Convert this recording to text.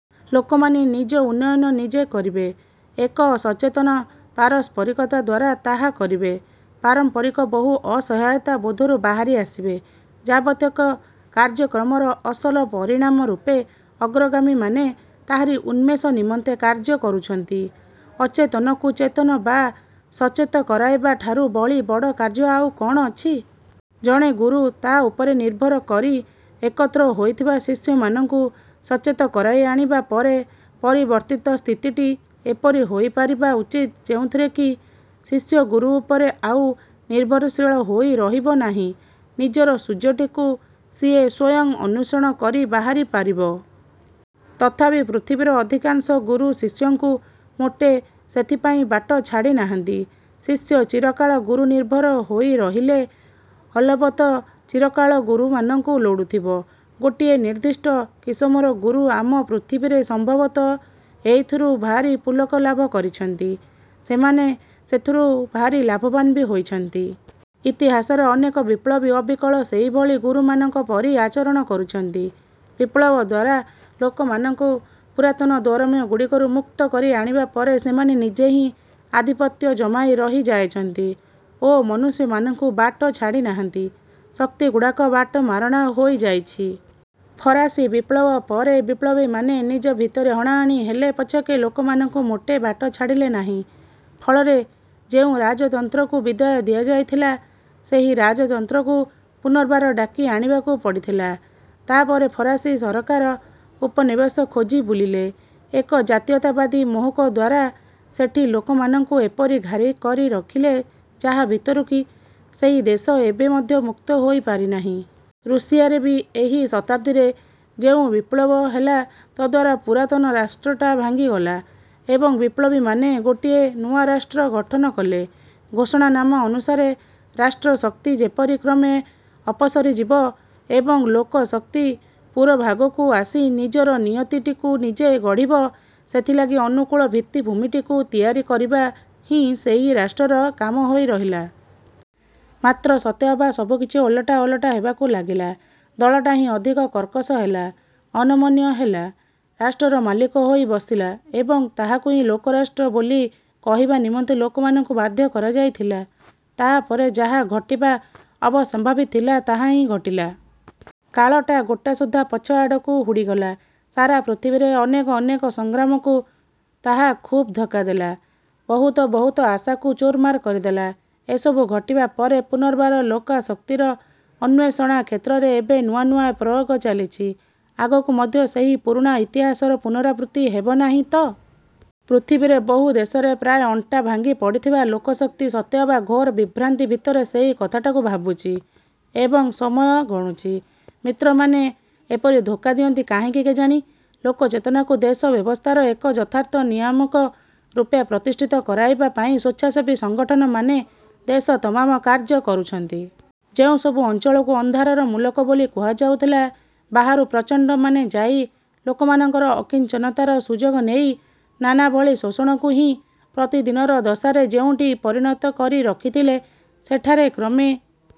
ଲୋକମାନେ ନିଜ ଉନ୍ନୟନ ନିଜେ କରିବେ। ଏକ ସଚେତନ ପାରସ୍ପରିକତା ଦ୍ୱାରା ତାହା କରିବେ, ପାରମ୍ପରିକ ବହୁ ଅସହାୟତା ବୋଧରୁ ବାହାରି ଆସିବେ, ଯାବତକ କାର୍ଯ୍ୟକ୍ରମର ଅସଲ ପରିଣାମ ରୂପେ ଅଗ୍ରଗାମୀମାନେ ତାହାରି ଉନ୍ମେଷ ନିମନ୍ତେ କାର୍ଯ୍ୟ କରୁଛନ୍ତି। ଅଚେତନକୁ ଚେତନ ବା ସଚେତ କରାଇବା ଠାରୁ ବଳି ବଡ଼ କାର୍ଯ୍ୟ ଆଉ କଣ ଅଛି? ଜଣେ ଗୁରୁ ତା ଉପରେ ନିର୍ଭର କରି ଏକତ୍ର ହୋଇଥିବା ଶିଷ୍ୟମାନଙ୍କୁ ସଚେତ କରାଇ ଆଣିବା ପରେ ପରିବର୍ତ୍ତିତ ସ୍ଥିତିଟି ଏପରି ହୋଇପାରିବା ଉଚିତ ଯେଉଁଥିରେ କି ଶିଷ୍ୟ ଗୁରୁ ଉପରେ ଆଉ ନିର୍ଭରଶୀଳ ହୋଇ ରହିବ ନାହିଁ ନିଜର ସୂର୍ଯ୍ୟଟିକୁ ସିଏ ସ୍ୱୟଂ ଅନ୍ୱେଷଣ କରି ବାହାରି ପାରିବ। ତଥାପି ପୃଥିବୀର ଅଧିକାଂଶ ଗୁରୁ ଶିଷ୍ୟମାନଙ୍କୁ ମୋଟେ ସେଥିପାଇଁ ବାଟ ଛାଡ଼ି ନାହାନ୍ତି। ଶିଷ୍ୟ ଚିରକାଳ ଗୁରୁନିର୍ଭର ହୋଇ ରହିଲେ ଅଲବତ ଚିରକାଳ ଗୁରୁମାନଙ୍କୁ ଲୋଡୁଥିବ। ଗୋଟିଏ ନିର୍ଦ୍ଧିଷ୍ଟ କିସମର ଗୁରୁ ଆମ ପୃଥିବୀରେ ସମ୍ଭବତଃ ଏଇଥିରୁ ଭାରି ପୁଲକ ଲାଭ କରିଛନ୍ତି। ସେମାନେ ସେଥିରୁ ଭାରି ଲାଭବାନ ବି ହୋଇଛନ୍ତି। ଇତିହାସରେ ଅନେକ ବିପ୍ଳବୀ ଅବିକଳ ସେହିଭଳି ଗୁରୁମାନଙ୍କ ପରି ଆଚରଣ କରିଛନ୍ତି। ବିପ୍ଳବ ଦ୍ୱାରା ଲୋକମାନଙ୍କୁ ପୁରାତନ ଦୌରାତ୍ମ୍ୟଗୁଡ଼ିକରୁ ମୁକ୍ତ କରି ଆଣିବା ପରେ ସେମାନେ ନିଜେ ହିଁ ଆଧିପତ୍ୟ ଜମାଇ ରହି ଯାଇଛନ୍ତି ଓ ମନୁଷ୍ୟମାନଙ୍କୁ ବାଟ ଛାଡ଼ି ନାହାନ୍ତି। ଶକ୍ତିଗୁଡ଼ାକ ବାଟମାରଣା ହୋଇଯାଇଛି। ଫରାସୀ ବିପ୍ଳବ ପରେ ବିପ୍ଳବୀମାନେ ନିଜ ଭିତରେ ହଣାହାଣି ହେଲେ ପଛକେ ଲୋକମାନଙ୍କୁ ମୋଟେ ବାଟ ଛାଡ଼ିଲେ ନାହିଁ। ଫଳରେ ଯେଉଁ ରାଜତନ୍ତ୍ରକୁ ବିଦାୟ ଦିଆଯାଇଥିଲା ସେହି ରାଜତନ୍ତ୍ରକୁ ପୂନର୍ବାର ଡାକି ଆଣିବାକୁ ପଡ଼ିଥିଲା। ତାପରେ ଫରାସୀ ସରକାର ଉପନିବେଶ ଖୋଜି ବୁଲିଲେ ଏକ ଜାତୀୟତାବାଦୀ ମୋହକ ଦ୍ୱାରା ସେଠି ଲୋକମାନଙ୍କୁ ଏପରି ଘାରି କରି ରଖିଲେ ଯାହା ଭିତରୁ କି ସେହି ଦେଶ ଏବେ ମଧ୍ୟ ମୁକ୍ତ ହୋଇ ପାରିନାହିଁ। ରୁଷିଆରେ ବି ଏହି ଶତାବ୍ଦୀରେ ଯେଉଁ ବିପ୍ଳବ ହେଲା ତଦ୍ଦ୍ୱାରା ପୁରାତନ ରାଷ୍ଟ୍ରଟା ଭାଙ୍ଗିଗଲା ଏବଂ ବିପ୍ଲବୀମାନେ ଗୋଟିଏ ନୂଆ ରାଷ୍ଟ୍ର ଗଠନ କଲେ। ଘୋଷଣାନାମା ଅନୁସାରେ ରାଷ୍ଟ୍ରଶକ୍ତି ଯେପରି କ୍ରମେ ଅପସରିଯିବ ଏବଂ ଲୋକଶକ୍ତି ପୁରୋଭାଗକୁ ଆସି ନିଜର ନିୟତିଟିକୁ ନିଜେ ଗଢିବ ସେଥିଲାଗି ଅନୁକୂଳ ଭିତ୍ତିଭୂମିଟିକୁ ତିଆରି କରିବା ହିଁ ସେହି ରାଷ୍ଟ୍ରର କାମ ହୋଇ ରହିଲା। ମାତ୍ର ସତେ ଅବା ସବୁକିଛି ଓଲଟା ଓଲଟା ହେବାକୁ ଲାଗିଲା ଦଳଟା ହିଁ ଅଧିକ କର୍କଶ ହେଲା, ଅନମନୀୟ ହେଲା ରାଷ୍ଟ୍ରର ମାଲିକ ହୋଇ ବସିଲା ଏବଂ ତାହାକୁ ହିଁ ଲୋକରାଷ୍ଟ୍ର ବୋଲି କହିବା ନିମନ୍ତେ ଲୋକମାନଙ୍କୁ ବାଧ୍ୟ କରାଯାଇଥିଲା। ତାପରେ ଯାହା ଘଟିବା ଅବଶ୍ୟମ୍ଭାବୀ ଥିଲା ତାହାହିଁ ଘଟିଲା। କାଳଟା ଗୋଟାସୁଦ୍ଧା ପଛ ଆଡ଼କୁ ହୁଡ଼ିଗଲା। ସାରା ପୃଥିବୀରେ ଅନେକ ଅନେକ ସଂଗ୍ରାମକୁ ତାହା ଖୁବ୍ ଧକ୍କା ଦେଲା, ବହୁତ ବହୁତ ଆଶାକୁ ଚୁରମାର କରିଦେଲା। ଏସବୁ ଘଟିବା ପରେ ପୁନର୍ବାର ଲୋକାଶକ୍ତିର ଉନ୍ମେଷଣା କ୍ଷେତ୍ରରେ ଏବେ ନୂଆ ନୂଆ ପ୍ରୟୋଗ ଚାଲିଛି। ଆଗକୁ ମଧ୍ୟ ସେହି ପୁରୁଣା ଇତିହାସର ପୁନରାବୃତ୍ତି ହେବନାହିଁ ତ? ପୃଥିବୀରେ ବହୁ ଦେଶରେ ପ୍ରାୟ ଅଣ୍ଟା ଭାଙ୍ଗି ପଡ଼ିଥିବା ଲୋକାଶକ୍ତି ସତେଅବା ଘୋର ବିଭ୍ରାନ୍ତି ଭିତରେ ସେହି କଥାଟିକୁ ଭାବୁଛି ଏବଂ ସମୟ ଗଣୁଛି। ମିତ୍ରମାନେ ଏପରି ଧୋକା ଦିଅନ୍ତି କାହିଁକି କେଜାଣି? ଲୋକଚେତନାକୁ ଦେଶ ବ୍ୟବସ୍ଥାର ଏକ ଯଥାର୍ଥ ନିୟାମକ ରୂପେ ପ୍ରତିଷ୍ଠିତ କରାଇବା ପାଇଁ ସ୍ୱେଚ୍ଛାସେବୀ ସଂଗଠନମାନେ ଦେଶତମାମ କାର୍ଯ୍ୟ କରୁଛନ୍ତି। ଯେଉଁସବୁ ଅଂଚଳକୁ ଅନ୍ଧାରର ମୂଲକ ବୋଲି କୁହାଯାଉଥିଲା ବାହାରୁ ପ୍ରଚଣ୍ଡ ମାନେ ଯାଇ ଲୋକମାନଙ୍କର ଅକିଞ୍ଚନତାର ସୁଯୋଗ ନେଇ ନାନାଭଳି ଶୋଷଣକୁ ହିଁ ପ୍ରତିଦିନର ଦଶାରେ ଯେଉଁଠି ପରିଣତ କରି ରଖିଥିଲେ ସେଠାରେ କ୍ରମେ